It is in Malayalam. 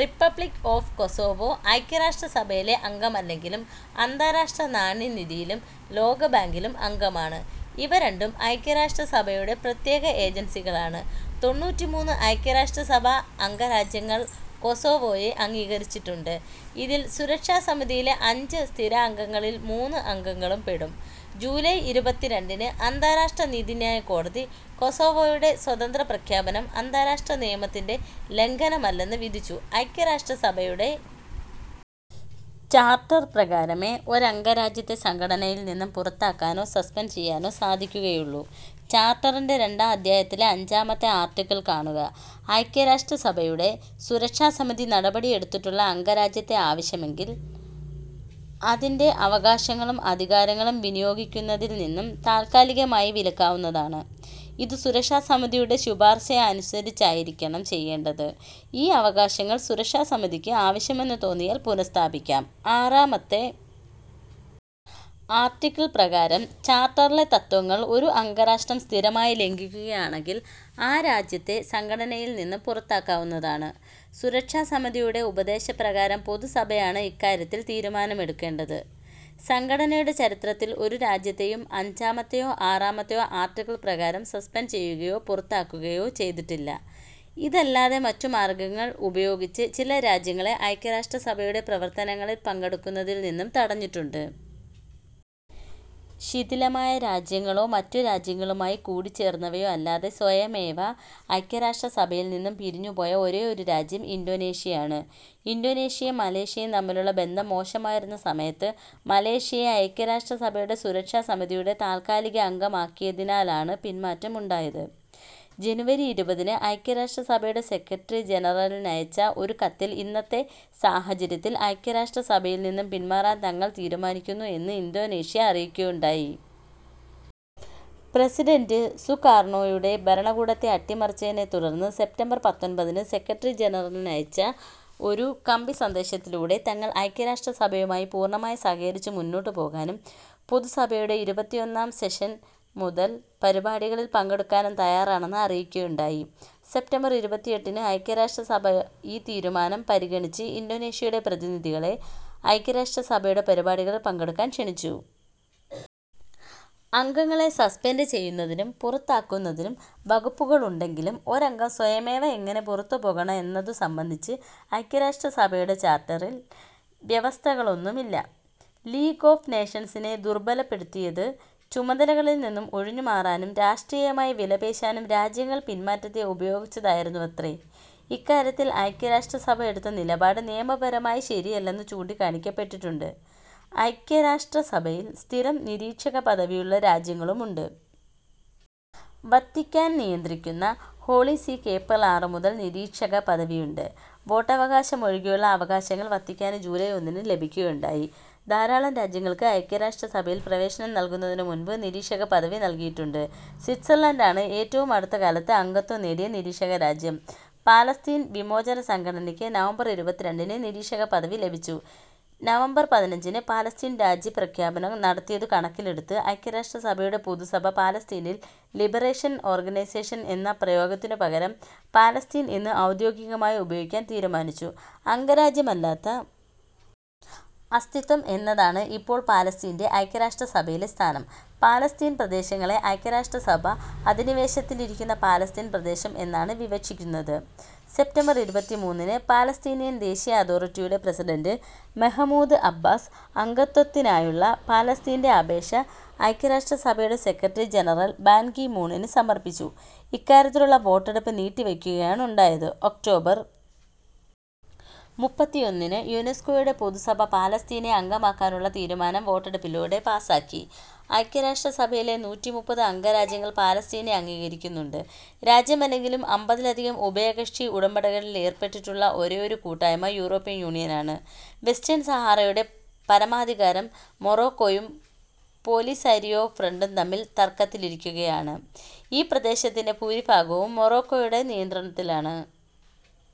റിപ്പബ്ലിക്ക് ഓഫ് കൊസോവോ ഐക്യരാഷ്ട്രസഭയിലെ അംഗമല്ലെങ്കിലും അന്താരാഷ്ട്ര നാണ്യനിധിയിലും ലോകബാങ്കിലും അംഗമാണ്. ഇവ രണ്ടും ഐക്യരാഷ്ട്രസഭയുടെ പ്രത്യേക ഏജൻസികളാണ്. തൊണ്ണൂറ്റിമൂന്ന് ഐക്യരാഷ്ട്രസഭാ അംഗരാജ്യങ്ങൾ കൊസോവോയെ അംഗീകരിച്ചിട്ടുണ്ട്. ഇതിൽ സുരക്ഷാസമിതിയിലെ അഞ്ച് സ്ഥിരാംഗങ്ങളിൽ മൂന്ന് അംഗങ്ങളും പെടും. ജൂലൈ ഇരുപത്തിരണ്ടിന് അന്താരാഷ്ട്ര നീതിന്യായകോടതി കൊസോവോയുടെ സ്വാതന്ത്ര്യപ്രഖ്യാപനം അന്താരാഷ്ട്ര നിയമത്തിൻറെ ലംഘനമല്ലെന്ന് വിധിച്ചു. ഐക്യരാഷ്ട്രസഭയുടെ ചാർട്ടർ പ്രകാരമേ ഒരംഗരാജ്യത്തെ സംഘടനയിൽനിന്ന് പുറത്താക്കാനോ സസ്പെൻഡ് ചെയ്യാനോ സാധിക്കുകയുള്ളൂ. ചാർട്ടറിൻറെ രണ്ടാം അധ്യായത്തിലെ അഞ്ചാമത്തെ ആർട്ടിക്കിൾ കാണുക. ഐക്യരാഷ്ട്രസഭയുടെ സുരക്ഷാസമിതി നടപടിയെടുത്തിട്ടുള്ള അംഗരാജ്യത്തെ ആവശ്യമെങ്കിൽ അതിൻറെ അവകാശങ്ങളും അധികാരങ്ങളും വിനിയോഗിക്കുന്നതിൽനിന്ന് താൽക്കാലികമായി വിലക്കാവുന്നതാണ്. ഇത് സുരക്ഷാസമിതിയുടെ ശുപാർശയനുസരിച്ചായിരിക്കണം ചെയ്യേണ്ടത്. ഈ അവകാശങ്ങൾ സുരക്ഷാസമിതിക്ക് ആവശ്യമെന്ന് തോന്നിയാൽ പുനഃസ്ഥാപിക്കാം. ആറാമത്തെ ആർട്ടിക്കിൾ പ്രകാരം ചാർട്ടറിലെ തത്ത്വങ്ങൾ ഒരു അംഗരാഷ്ട്രം സ്ഥിരമായി ലംഘിക്കുകയാണെങ്കിൽ ആ രാജ്യത്തെ സംഘടനയിൽനിന്ന് പുറത്താക്കാവുന്നതാണ്. സുരക്ഷാസമിതിയുടെ ഉപദേശപ്രകാരം പൊതുസഭയാണ് ഇക്കാര്യത്തിൽ തീരുമാനമെടുക്കേണ്ടത്. സംഘടനയുടെ ചരിത്രത്തിൽ ഒരു രാജ്യത്തെയും അഞ്ചാമത്തെയോ ആറാമത്തെയോ ആർട്ടിക്കിൾ പ്രകാരം സസ്പെൻഡ് ചെയ്യുകയോ പുറത്താക്കുകയോ ചെയ്തിട്ടില്ല. ഇതല്ലാതെ മറ്റു മാർഗങ്ങൾ ഉപയോഗിച്ച് ചില രാജ്യങ്ങളെ ഐക്യരാഷ്ട്രസഭയുടെ പ്രവർത്തനങ്ങളിൽ പങ്കെടുക്കുന്നതിൽനിന്ന് തടഞ്ഞിട്ടുണ്ട്. ശിഥിലമായ രാജ്യങ്ങളോ മറ്റു രാജ്യങ്ങളുമായി കൂടിച്ചേർന്നവയോ അല്ലാതെ സ്വയമേവ ഐക്യരാഷ്ട്രസഭയിൽനിന്ന് പിരിഞ്ഞുപോയ ഒരേയൊരു രാജ്യം ഇന്തോനേഷ്യയാണ്. ഇന്തോനേഷ്യയും മലേഷ്യയും തമ്മിലുള്ള ബന്ധം മോശമായിരുന്ന സമയത്ത് മലേഷ്യയെ ഐക്യരാഷ്ട്രസഭയുടെ സുരക്ഷാസമിതിയുടെ താൽക്കാലികാംഗമാക്കിയതിനാലാണ് പിന്മാറ്റം ഉണ്ടായത്. ജനുവരി ഇരുപതിന് ഐക്യരാഷ്ട്രസഭയുടെ സെക്രട്ടറി ജനറലിനയച്ച ഒരു കത്തിൽ ഇന്നത്തെ സാഹചര്യത്തിൽ ഐക്യരാഷ്ട്രസഭയിൽനിന്ന് പിന്മാറാൻ തങ്ങൾ തീരുമാനിക്കുന്നു എന്ന് ഇന്തോനേഷ്യ അറിയിക്കുകയുണ്ടായി. പ്രസിഡന്റ് സുകാർണോയുടെ ഭരണകൂടത്തെ അട്ടിമറിച്ചതിനെത്തുടർന്ന് സെപ്റ്റംബർ പത്തൊൻപതിന് സെക്രട്ടറി ജനറലിനയച്ച ഒരു കമ്പിസന്ദേശത്തിലൂടെ തങ്ങൾ ഐക്യരാഷ്ട്രസഭയുമായി പൂർണ്ണമായി സഹകരിച്ച് മുന്നോട്ടുപോകാനും പൊതുസഭയുടെ ഇരുപത്തിയൊന്നാം സെഷൻ മുതൽ പരിപാടികളിൽ പങ്കെടുക്കാനും തയ്യാറാണെന്ന് അറിയിക്കുകയുണ്ടായി. സെപ്റ്റംബർ ഇരുപത്തിയെട്ടിന് ഐക്യരാഷ്ട്രസഭ ഈ തീരുമാനം പരിഗണിച്ച് ഇന്തോനേഷ്യയുടെ പ്രതിനിധികളെ ഐക്യരാഷ്ട്രസഭയുടെ പരിപാടികളിൽ പങ്കെടുക്കാൻ ക്ഷണിച്ചു. അംഗങ്ങളെ സസ്പെൻഡ് ചെയ്യുന്നതിനും പുറത്താക്കുന്നതിനും വകുപ്പുകളുണ്ടെങ്കിലും ഒരംഗം സ്വയമേവ എങ്ങനെ പുറത്തുപോകണം എന്നതുസംബന്ധിച്ച് ഐക്യരാഷ്ട്രസഭയുടെ ചാർട്ടറിൽ വ്യവസ്ഥകളൊന്നുമില്ല. ലീഗ് ഓഫ് നേഷൻസിനെ ദുർബലപ്പെടുത്തിയത് ചുമതലകളിൽനിന്ന് ഒഴിഞ്ഞുമാറാനും രാഷ്ട്രീയമായി വിലപേശാനും രാജ്യങ്ങൾ പിന്മാറ്റത്തെ ഉപയോഗിച്ചതായിരുന്നുവത്രേ. ഇക്കാര്യത്തിൽ ഐക്യരാഷ്ട്രസഭ എടുത്ത നിലപാട് നിയമപരമായി ശരിയല്ലെന്ന് ചൂണ്ടിക്കാണിക്കപ്പെട്ടിട്ടുണ്ട്. ഐക്യരാഷ്ട്രസഭയിൽ സ്ഥിരം നിരീക്ഷകപദവിയുള്ള രാജ്യങ്ങളുമുണ്ട്. വത്തിക്കാൻ നിയന്ത്രിക്കുന്ന ഹോളി സീക്ക് ഏപ്രിൽ ആറുമുതൽ നിരീക്ഷകപദവിയുണ്ട്. വോട്ടവകാശമൊഴികെയുള്ള അവകാശങ്ങൾ വത്തിക്കാന് ജൂലൈ ഒന്നിന് ലഭിക്കുകയുണ്ടായി. ധാരാളം രാജ്യങ്ങൾക്ക് ഐക്യരാഷ്ട്രസഭയിൽ പ്രവേശനം നൽകുന്നതിനുമുൻപ് നിരീക്ഷകപദവി നൽകിയിട്ടുണ്ട്. സ്വിറ്റ്സർലാൻഡാണ് ഏറ്റവും അടുത്തകാലത്ത് അംഗത്വം നേടിയ നിരീക്ഷകരാജ്യം. പാലസ്തീൻ വിമോചനസംഘടനയ്ക്ക് നവംബർ ഇരുപത്തിരണ്ടിന് നിരീക്ഷകപദവി ലഭിച്ചു. നവംബർ പതിനഞ്ചിന് പാലസ്തീൻ രാജ്യപ്രഖ്യാപനം നടത്തിയതു കണക്കിലെടുത്ത് ഐക്യരാഷ്ട്രസഭയുടെ പൊതുസഭ പാലസ്തീൻ ലിബറേഷൻ ഓർഗനൈസേഷൻ എന്ന പ്രയോഗത്തിനു പകരം പാലസ്തീൻ എന്ന് ഔദ്യോഗികമായി ഉപയോഗിക്കാൻ തീരുമാനിച്ചു. അംഗരാജ്യമല്ലാത്ത അസ്തിത്വം എന്നതാണ് ഇപ്പോൾ പാലസ്തീൻറെ ഐക്യരാഷ്ട്രസഭയിലെ സ്ഥാനം. പാലസ്തീൻ പ്രദേശങ്ങളെ ഐക്യരാഷ്ട്രസഭ അധിനിവേശത്തിലിരിക്കുന്ന പാലസ്തീൻ പ്രദേശം എന്നാണ് വിവക്ഷിക്കുന്നത്. സെപ്റ്റംബർ ഇരുപത്തിമൂന്നിന് പാലസ്തീനിയൻ ദേശീയ അതോറിറ്റിയുടെ പ്രസിഡന്റ് മെഹമൂദ് അബ്ബാസ് അംഗത്വത്തിനായുള്ള പാലസ്തീൻറെ അപേക്ഷ ഐക്യരാഷ്ട്രസഭയുടെ സെക്രട്ടറി ജനറൽ ബാൻ കി മൂണിന് സമർപ്പിച്ചു. ഇക്കാര്യത്തിലുള്ള വോട്ടെടുപ്പ് നീട്ടിവയ്ക്കുകയാണുണ്ടായത്. ഒക്ടോബർ മുപ്പത്തൊന്നിന് യുനെസ്കോയുടെ പൊതുസഭ പാലസ്തീനെ അംഗമാക്കാനുള്ള തീരുമാനം വോട്ടെടുപ്പിലൂടെ പാസാക്കി. ഐക്യരാഷ്ട്രസഭയിലെ നൂറ്റിമുപ്പത് അംഗരാജ്യങ്ങൾ പാലസ്തീനെ അംഗീകരിക്കുന്നുണ്ട്. രാജ്യമല്ലെങ്കിലും അമ്പതിലധികം ഉഭയകക്ഷി ഉടമ്പടികളിലേർപ്പെട്ടിട്ടുള്ള ഒരേയൊരു കൂട്ടായ്മ യൂറോപ്യൻ യൂണിയനാണ്. വെസ്റ്റേൺ സഹാറയുടെ പരമാധികാരം മൊറോക്കോയും പോലിസാരിയോ ഫ്രണ്ടും തമ്മിൽ തർക്കത്തിലിരിക്കുകയാണ്. ഈ പ്രദേശത്തിൻറെ ഭൂരിഭാഗവും മൊറോക്കോയുടെ നിയന്ത്രണത്തിലാണ്.